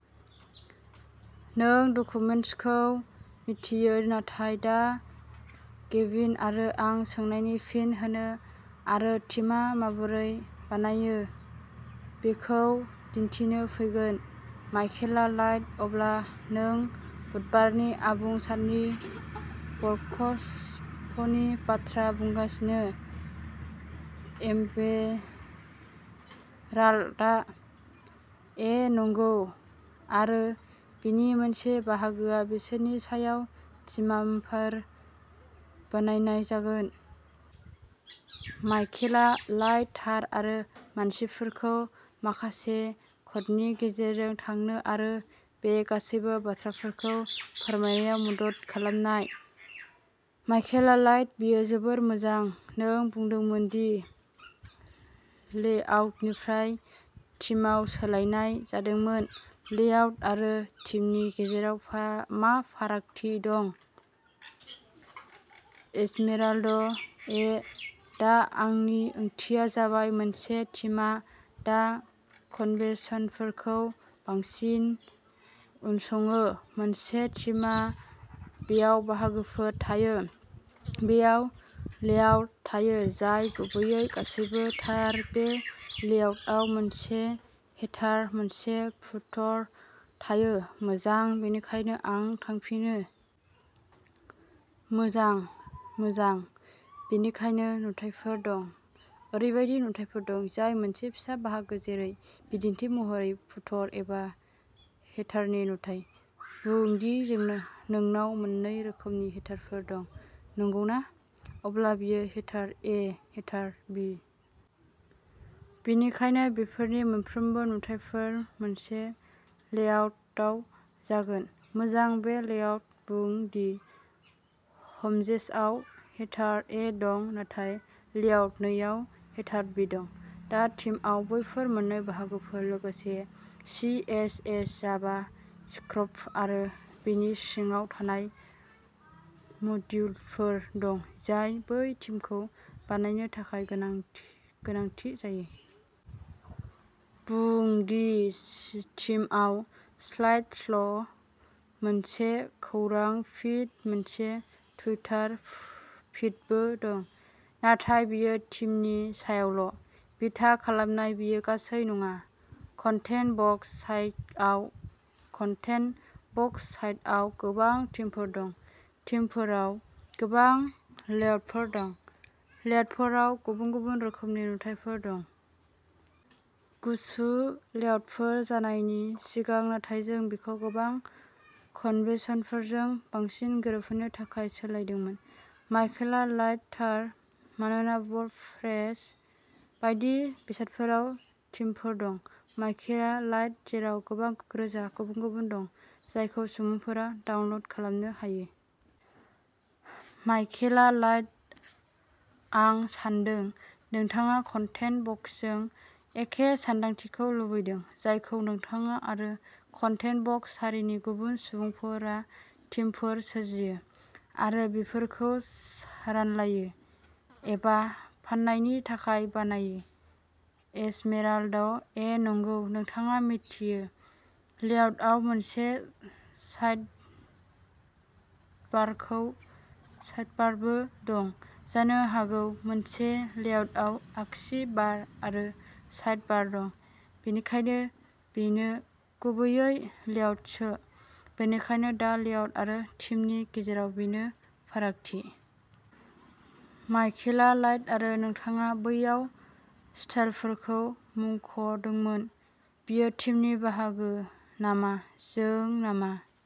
नों डकुमेन्टेसनखौ मिथियो नाथाय दा गेविन आरो आं सोंनायनि फिन होनो आरो थिमा माबोरै बानायो बेखौ दिन्थिनो फैगोन। माइकेला लाइट अब्ला नों बुधबारनि आबुं साननि वर्कसपनि बाथ्रा बुंगासिनो? एस्मेराल्डा ए नंगौ आरो बेनि मोनसे बाहागोआ बिसोरनि सायाव थिमाफोर बानायनाय जागोन। माइकेला लाइट थार आरो मानसिफोरखौ माखासे क'डनि गेजेरजों थांनो आरो बे गासैबो बाथ्राफोरखौ फोरमायनायाव मदद खालामनाय। माइकेला लाइट बेयो जोबोद मोजां। नों बुंदोंमोन दि लेआउटनिफ्राय थिमाव सोलायनाय जादोंमोन। लेआउट आरो थिमनि गेजेराव फा मा फारागथि दं? एस्मेराल्डा ए दा आंनि ओंथिया जाबाय मोनसे थिमा दा कन्वेन्शनफोरखौ बांसिन उनसङो। मोनसे थिमा। बेयाव बाहागोफोर थायो, बेयाव लेआउट थायो जाय गुबैयै गासैबो थार बे लेआउटआव मोनसे हेडार, मोनसे फुटर थायो, मोजां, बेनिखायनो आं थांफिनो। मोजां। मोजां, बेनिखायनो नुथायफोर दं। ओरैबायदि नुथायफोर दं जाय मोनसे फिसा बाहागो जेरै बिदिन्थि महरै फुटर एबा हेडारनि नुथाय। बुं दि नोंनाव मोननै रोखोमनि हेडारफोर दं, नंगौना? अब्ला बेयो हेडार ए, हेडार बी। बेनिखायनो बेफोरनि मोनफ्रोमबो नुथायफोर। मोनसे लेआउटाव जागोन, मोजां बे लेआउट, बुं दि हमपेजआव हेडार ए दं नाथाय लेआउट नैआव हेडार बी दं, दा थीमआव बैफोर मोन्नै बाहागोफोर लोगोसे C S S JavaScript आरो बेनि सिङाव थानाय मडिउलफोर दं जाय बै थीमखौ बानायनो थाखाय गोनां गोनांथि जायो। बुं दि थीमआव स्लाइड श', मोनसे खौरां फीड, मोनसे टुइटार फीडबो दं, नाथाय बेयो थिमनि सायावल' बिथा खालामनाय। बेयो गासै नङा, कन्टेन्ट बक्स साइटआव। कन्टेन्ट बक्स साइटआव गोबां थीमफोर दं, थीमफोराव गोबां लेआउटफोर दं, लेआउटफोराव गुबुन-गुबुन रोखोमनि नुथायफोर दं। गुसु लेआउटफोर जानायनि सिगां नाथाय जों बेखौ गोबां कन्वेन्शनफोरजों बांसिन गोरोबहोनो थाखाय सोलायदोंमोन। माइकेला लाइट थार। मानोना वर्ड प्रेस बायदि बेसादफोराव थीमफोर दं। माइकेला लाइट जेराव गोबां रोजा गुबुन-गुबुन दं जायखौ सुबुंफोरा डाउनल'ड खालामनो हायो। माइकेला लाइट आं सान्दों नोंथाङा कन्टेन्ट बक्सजों एखे सानदांथिखौ लुबैदों जायखौ नोंथाङा आरो कन्टेन्ट बक्स हारिनि गुबुन सुबुंफोरा थीमफोर सोरजियो आरो बेफोरखौ रानलायो एबा फाननायनि थाखाय बानायो। एस्मेराल्डा ए नंगौ। नोंथाङा मिथियो, लेआउटआव मोनसे साइडबारबो दं, जानो हागौ मोनसे लेआउटआव आगसि बार आरो साइड बार दं, बेनिखायनो बेनो गुबैयै लेआउटसो, बेनिखायनो दा लेआउट आरो थीमनि गेजेराव बेनो फारागथि। माइकेला लाइट आरो नोंथाङा बैयाव स्टाइलफोरखौ मुंख'दोंमोन। बेयो थीमनि बाहागो नामा? जों नामा?